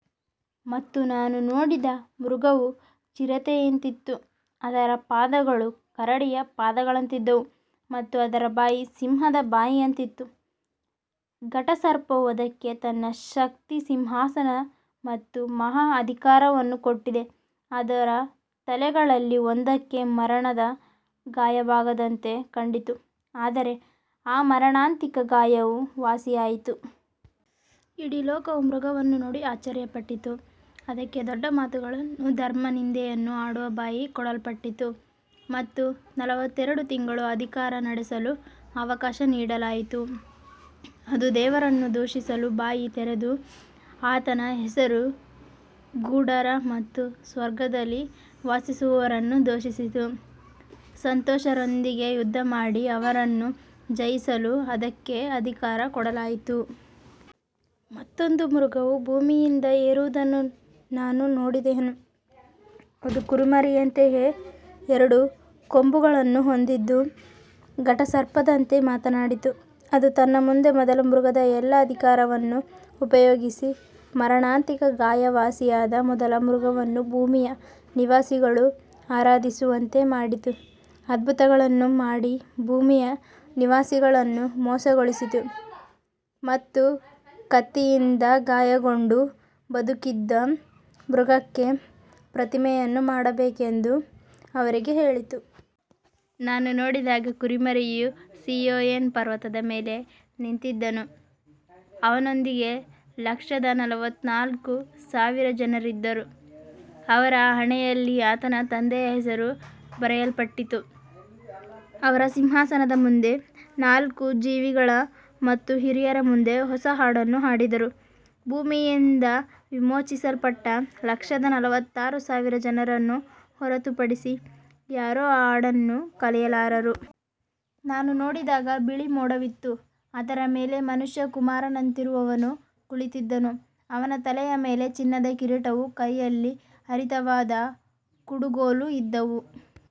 ಮತ್ತು ನಾನು ನೋಡಿದ ಮೃಗವು ಚಿರತೆಯಂತಿತ್ತು, ಅದರ ಪಾದಗಳು ಕರಡಿಯ ಪಾದಗಳಂತಿದ್ದವು ಮತ್ತು ಅದರ ಬಾಯಿ ಸಿಂಹದ ಬಾಯಿಯಂತಿತ್ತು. ಘಟಸರ್ಪವು ಅದಕ್ಕೆ ತನ್ನ ಶಕ್ತಿ, ಸಿಂಹಾಸನ ಮತ್ತು ಮಹಾ ಅಧಿಕಾರವನ್ನು ಕೊಟ್ಟಿತು. ಅದರ ತಲೆಗಳಲ್ಲಿ ಒಂದಕ್ಕೆ ಮರಣದ ಗಾಯವಾದಂತೆ ಕಂಡಿತು, ಆದರೆ ಆ ಮಾರಣಾಂತಿಕ ಗಾಯವು ವಾಸಿಯಾಯಿತು. ಇಡೀ ಲೋಕವು ಮೃಗವನ್ನು ನೋಡಿ ಆಶ್ಚರ್ಯಪಟ್ಟಿತು. ಅದಕ್ಕೆ ದೊಡ್ಡ ಮಾತುಗಳನ್ನೂ ಧರ್ಮನಿಂದೆಯನ್ನೂ ಆಡುವ ಬಾಯಿ ಕೊಡಲ್ಪಟ್ಟಿತು ಮತ್ತು ನಲವತ್ತೆರಡು ತಿಂಗಳು ಅಧಿಕಾರ ನಡೆಸಲು ಅವಕಾಶ ನೀಡಲಾಯಿತು. ಅದು ದೇವರನ್ನು ದೂಷಿಸಲು ಬಾಯಿ ತೆರೆದು ಆತನ ಹೆಸರು, ಗುಡಾರ ಮತ್ತು ಸ್ವರ್ಗದಲ್ಲಿ ವಾಸಿಸುವವರನ್ನು ದೂಷಿಸಿತು. ಸಂತರೊಂದಿಗೆ ಯುದ್ಧಮಾಡಿ ಅವರನ್ನು ಜಯಿಸಲು ಅದಕ್ಕೆ ಅಧಿಕಾರ ಕೊಡಲಾಯಿತು. ಮತ್ತೊಂದು ಮೃಗವು ಭೂಮಿಯಿಂದ ಏರುವುದನ್ನು ನಾನು ನೋಡಿದೆನು. ಅದು ಕುರಿಮರಿಯಂತೆಯೇ ಎರಡು ಕೊಂಬುಗಳನ್ನು ಹೊಂದಿದ್ದು ಘಟಸರ್ಪದಂತೆ ಮಾತನಾಡಿತು. ಅದು ತನ್ನ ಮುಂದೆ ಮೊದಲ ಮೃಗದ ಎಲ್ಲಾ ಅಧಿಕಾರವನ್ನು ಉಪಯೋಗಿಸಿ, ಮಾರಣಾಂತಿಕ ಗಾಯ ವಾಸಿಯಾದ ಮೊದಲ ಮೃಗವನ್ನು ಭೂಮಿಯ ನಿವಾಸಿಗಳು ಆರಾಧಿಸುವಂತೆ ಮಾಡಿತು. ಅದ್ಭುತಗಳನ್ನು ಮಾಡಿ ಭೂಮಿಯ ನಿವಾಸಿಗಳನ್ನು ಮೋಸಗೊಳಿಸಿತು ಮತ್ತು ಕತ್ತಿಯಿಂದ ಗಾಯಗೊಂಡು ಬದುಕಿದ್ದ ಮೃಗಕ್ಕೆ ಪ್ರತಿಮೆಯನ್ನು ಮಾಡಬೇಕೆಂದು ಅವರಿಗೆ ಹೇಳಿತು. ನಾನು ನೋಡಿದಾಗ ಕುರಿಮರಿಯು ಸೀಯೋನ್ ಪರ್ವತದ ಮೇಲೆ ನಿಂತಿದ್ದನು. ಅವನೊಂದಿಗೆ ಲಕ್ಷದ ನಲವತ್ತನಾಲ್ಕು ಸಾವಿರ ಜನರಿದ್ದರು. ಅವರ ಹಣೆಯಲ್ಲಿ ಆತನ ತಂದೆಯ ಹೆಸರು ಬರೆಯಲ್ಪಟ್ಟಿತ್ತು. ಅವರು ಸಿಂಹಾಸನದ ಮುಂದೆ, ನಾಲ್ಕು ಜೀವಿಗಳ ಮತ್ತು ಹಿರಿಯರ ಮುಂದೆ ಹೊಸ ಹಾಡನ್ನು ಹಾಡಿದರು. ಭೂಮಿಯಿಂದ ವಿಮೋಚಿಸಲ್ಪಟ್ಟ ಲಕ್ಷದ ನಲವತ್ತನಾಲ್ಕು ಸಾವಿರ ಜನರನ್ನು ಹೊರತುಪಡಿಸಿ ಯಾರೂ ಆ ಹಾಡನ್ನು ಕಲಿಯಲಾರರು. ನಾನು ನೋಡಿದಾಗ ಬಿಳಿ ಮೋಡವಿತ್ತು. ಅದರ ಮೇಲೆ ಮನುಷ್ಯಕುಮಾರನಂತಿರುವವನು ಕುಳಿತಿದ್ದನು. ಅವನ ತಲೆಯ ಮೇಲೆ ಚಿನ್ನದ ಕಿರೀಟವೂ ಕೈಯಲ್ಲಿ ಹರಿತವಾದ ಕುಡುಗೋಲೂ ಇದ್ದವು.